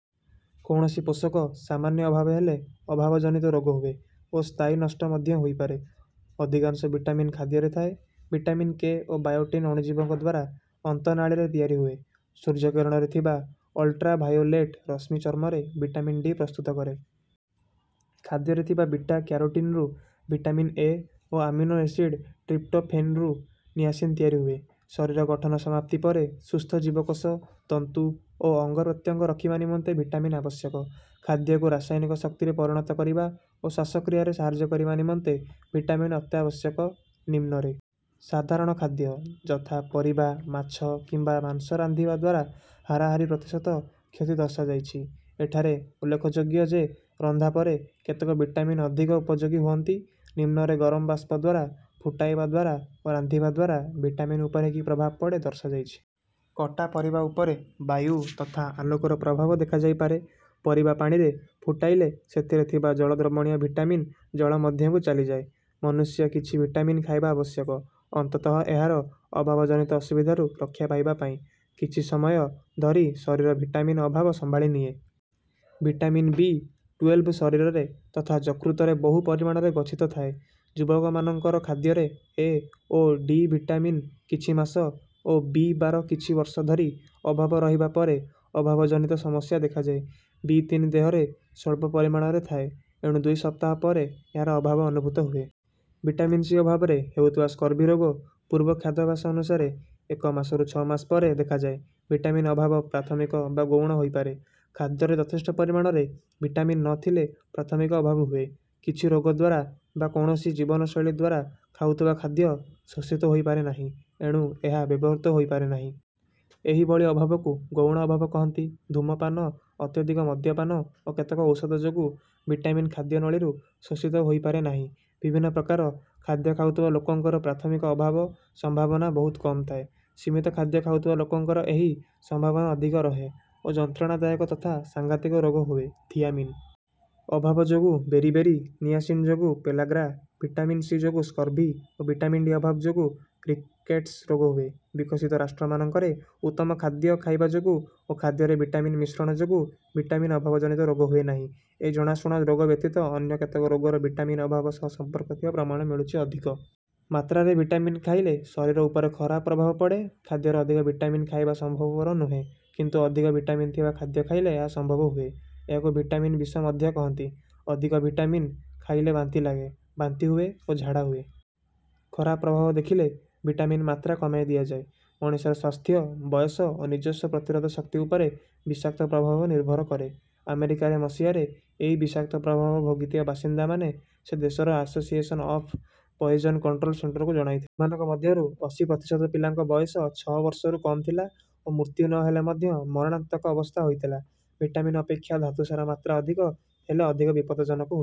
କୌଣସି ପୋଷକ ସାମାନ୍ୟ ଅଭାବ ହେଲେ ଅଭାବଜନିତ ରୋଗ ହୁଏ ଓ ସ୍ଥାୟୀ ନଷ୍ଟ ମଧ୍ୟ ହୋଇପାରେ। ଅଧିକାଂଶ ଭିଟାମିନ୍ ଖାଦ୍ୟରେ ଥାଏ। ଭିଟାମିନ୍-କେ ଓ ବାୟୋଟିନ୍ ଅଣୁଜୀବଙ୍କ ଦ୍ୱାରା ଅନ୍ତନାଳୀରେ ତିଆରି ହୁଏ। ସୂର୍ଯ୍ୟକିରଣରେ ଥିବା ଅଲ୍ଟ୍ରାଭାୟୋଲେଟ୍ ରଶ୍ମି ଚର୍ମରେ ଭିଟାମିନ୍-ଡି ପ୍ରସ୍ତୁତ କରେ। ଖାଦ୍ୟରେ ଥିବା ବିଟା-କ୍ୟାରୋଟିନ୍‌ରୁ ଭିଟାମିନ୍-ଏ ଓ ଆମିନୋ ଏସିଡ୍ ଟ୍ରିପ୍ଟୋଫେନ୍‌ରୁ ନିଆସିନ୍ ତିଆରି ହୁଏ। ଶରୀର ଗଠନ ସମାପ୍ତି ପରେ ସୁସ୍ଥ ଜୀବକୋଷ, ତନ୍ତୁ ଓ ଅଙ୍ଗପ୍ରତ୍ୟଙ୍ଗ ରଖିବା ନିମନ୍ତେ ଭିଟାମିନ୍ ଆବଶ୍ୟକ। ଖାଦ୍ୟକୁ ରାସାୟନିକ ଶକ୍ତିରେ ପରିଣତ କରିବା ଓ ଶ୍ୱାସକ୍ରିୟାରେ ସାହାଯ୍ୟ କରିବା ନିମନ୍ତେ ଭିଟାମିନ୍ ଅତ୍ୟାବଶ୍ୟକ। ନିମ୍ନରେ ସାଧାରଣ ଖାଦ୍ୟ, ଯଥା: ପରିବା, ମାଛ କିମ୍ବା ମାଂସ ରାନ୍ଧିବା ଦ୍ୱାରା ହାରାହାରି ପ୍ରତିଶତ କ୍ଷତି ଦର୍ଶାଯାଇଛି। ଏଠାରେ ଉଲ୍ଲେଖଯୋଗ୍ୟ ଯେ, ରନ୍ଧା ପରେ କେତେକ ଭିଟାମିନ୍ ଅଧିକ ଉପଯୋଗୀ ହୁଅନ୍ତି। ନିମ୍ନରେ ଗରମ ବାଷ୍ପ ଦ୍ୱାରା, ଫୁଟାଇବା ଦ୍ୱାରା ଓ ରାନ୍ଧିବା ଦ୍ୱାରା ଭିଟାମିନ୍ ଉପରେ କି ପ୍ରଭାବ ପଡ଼େ ଦର୍ଶାଯାଇଛି। କଟା ପରିବା ଉପରେ ବାୟୁ ତଥା ଆଲୋକର ପ୍ରଭାବ ଦେଖାଯାଇପାରେ। ପରିବା ପାଣିରେ ଫୁଟାଇଲେ ସେଥିରେ ଥିବା ଜଳ-ଦ୍ରବଣୀୟ ଭିଟାମିନ୍ ଜଳ ମଧ୍ୟକୁ ଚାଲିଯାଏ। ମନୁଷ୍ୟ କିଛି ଭିଟାମିନ୍ ଖାଇବା ଆବଶ୍ୟକ, ଅନ୍ତତଃ ଏହାର ଅଭାବଜନିତ ଅସୁବିଧାରୁ ରକ୍ଷା ପାଇବା ପାଇଁ। କିଛି ସମୟ ଧରି ଶରୀର ଭିଟାମିନ୍ ଅଭାବ ସମ୍ଭାଳି ନିଏ। ଭିଟାମିନ୍ ବି ଟୁଏଲ୍ଭ ଶରୀରରେ ତଥା ଯକୃତରେ ବହୁ ପରିମାଣରେ ଗଚ୍ଛିତ ଥାଏ। ଯୁବକମାନଙ୍କର ଖାଦ୍ୟରେ ଏ ଓ ଡି ଭିଟାମିନ୍ କିଛି ମାସ ଓ ବି ବାର କିଛି ବର୍ଷ ଧରି ଅଭାବ ରହିବା ପରେ ଅଭାବଜନିତ ସମସ୍ୟା ଦେଖାଯାଏ। ବି ତିନି ଦେହରେ ସ୍ୱଳ୍ପ ପରିମାଣରେ ଥାଏ, ଏଣୁ ଦୁଇ ସପ୍ତାହ ପରେ ଏହାର ଅଭାବ ଅନୁଭୂତ ହୁଏ। ଭିଟାମିନ୍ ସି ଅଭାବରେ ହେଉଥିବା ସ୍କର୍ଭି ରୋଗ ପୂର୍ବ ଖାଦ୍ୟାଭ୍ୟାସ ଅନୁସାରେ ଏକ ମାସରୁ ଛଅ ମାସ ପରେ ଦେଖାଯାଏ। ଭିଟାମିନ୍ ଅଭାବ ପ୍ରାଥମିକ ବା ଗୌଣ ହୋଇପାରେ। ଖାଦ୍ୟରେ ଯଥେଷ୍ଟ ପରିମାଣରେ ଭିଟାମିନ୍ ନ ଥିଲେ ପ୍ରାଥମିକ ଅଭାବ ହୁଏ। କିଛି ରୋଗ ଦ୍ୱାରା ବା କୌଣସି ଜୀବନଶୈଳୀ ଦ୍ୱାରା ଖାଉଥିବା ଖାଦ୍ୟ ଶୋଷିତ ହୋଇପାରେ ନାହିଁ, ଏଣୁ ଏହା ବ୍ୟବହୃତ ହୋଇପାରେ ନାହିଁ। ଏହିଭଳି ଅଭାବକୁ ଗୌଣ ଅଭାବ କହନ୍ତି। ଧୂମପାନ, ଅତ୍ୟଧିକ ମଦ୍ୟପାନ ଓ କେତେକ ଔଷଧ ଯୋଗୁ ଭିଟାମିନ୍ ଖାଦ୍ୟନଳୀରୁ ଶୋଷିତ ହୋଇପାରେ ନାହିଁ। ବିଭିନ୍ନ ପ୍ରକାର ଖାଦ୍ୟ ଖାଉଥିବା ଲୋକଙ୍କର ପ୍ରାଥମିକ ଅଭାବ ସମ୍ଭାବନା ବହୁତ କମ୍ ଥାଏ। ସୀମିତ ଖାଦ୍ୟ ଖାଉଥିବା ଲୋକଙ୍କର ଏହି ସମ୍ଭାବନା ଅଧିକ ରହେ ଓ ଯନ୍ତ୍ରଣାଦାୟକ ତଥା ସାଂଘାତିକ ରୋଗ ହୁଏ। ଥିଆମିନ୍ ଅଭାବ ଯୋଗୁ ବେରି ବେରି, ନିଆସିନ୍ ଯୋଗୁ ପେଲାଗ୍ରା, ଭିଟାମିନ୍ ସି ଯୋଗୁ ସ୍କର୍ଭି ଓ ଭିଟାମିନ୍ ଡି ଅଭାବ ଯୋଗୁ ରିକେଟ୍ସ ରୋଗ ହୁଏ। ବିକଶିତ ରାଷ୍ଟ୍ରମାନଙ୍କରେ ଉତ୍ତମ ଖାଦ୍ୟ ଖାଇବା ଯୋଗୁ ଓ ଖାଦ୍ୟରେ ଭିଟାମିନ୍ ମିଶ୍ରଣ ଯୋଗୁ ଭିଟାମିନ୍ ଅଭାବଜନିତ ରୋଗ ହୁଏ ନାହିଁ। ଏହି ଜଣାଶୁଣା ରୋଗ ବ୍ୟତୀତ ଅନ୍ୟ କେତେକ ରୋଗର ଭିଟାମିନ୍ ଅଭାବ ସହ ସମ୍ପର୍କ ଥିବା ପ୍ରମାଣ ମିଳୁଛି। ଅଧିକ ମାତ୍ରାରେ ଭିଟାମିନ୍ ଖାଇଲେ ଶରୀର ଉପରେ ଖରାପ ପ୍ରଭାବ ପଡ଼େ। ଖାଦ୍ୟରେ ଅଧିକ ଭିଟାମିନ୍ ଖାଇବା ସମ୍ଭବପର ନୁହେଁ, କିନ୍ତୁ ଅଧିକ ଭିଟାମିନ୍ ଥିବା ଖାଦ୍ୟ ଖାଇଲେ ଏହା ସମ୍ଭବ ହୁଏ। ଏହାକୁ ଭିଟାମିନ୍ ବିଷ ମଧ୍ୟ କହନ୍ତି। ଅଧିକ ଭିଟାମିନ୍ ଖାଇଲେ ବାନ୍ତି ଲାଗେ, ବାନ୍ତି ହୁଏ ଓ ଝାଡ଼ା ହୁଏ। ଖରାପ ପ୍ରଭାବ ଦେଖିଲେ ଭିଟାମିନ୍ ମାତ୍ରା କମାଇ ଦିଆଯାଏ। ମଣିଷର ସ୍ୱାସ୍ଥ୍ୟ, ବୟସ ଓ ନିଜସ୍ୱ ପ୍ରତିରୋଧ ଶକ୍ତି ଉପରେ ବିଷାକ୍ତ ପ୍ରଭାବ ନିର୍ଭର କରେ। ଆମେରିକାରେ ମସିହା ରେ ଏହି ବିଷାକ୍ତ ପ୍ରଭାବ ଭୋଗିଥିବା ବାସିନ୍ଦାମାନେ ସେ ଦେଶର ଆସୋସିଏସନ୍ ଅଫ୍ ପଏଜନ୍ କଣ୍ଟ୍ରୋଲ୍ ସେଣ୍ଟରକୁ ଜଣାଇଥିଲେ। ଏମାନଙ୍କ ମଧ୍ୟରୁ ଅଶୀ ପ୍ରତିଶତ ପିଲାଙ୍କ ବୟସ ଛଅ ବର୍ଷରୁ କମ୍ ଥିଲା ଓ ମୃତ୍ୟୁ ନ ହେଲେ ମଧ୍ୟ ମରଣାନ୍ତକ ଅବସ୍ଥା ହୋଇଥିଲା। ଭିଟାମିନ୍ ଅପେକ୍ଷା ଧାତୁସାର ମାତ୍ରା ଅଧିକ ହେଲେ ଅଧିକ ବିପଦଜନକ ହୁଏ।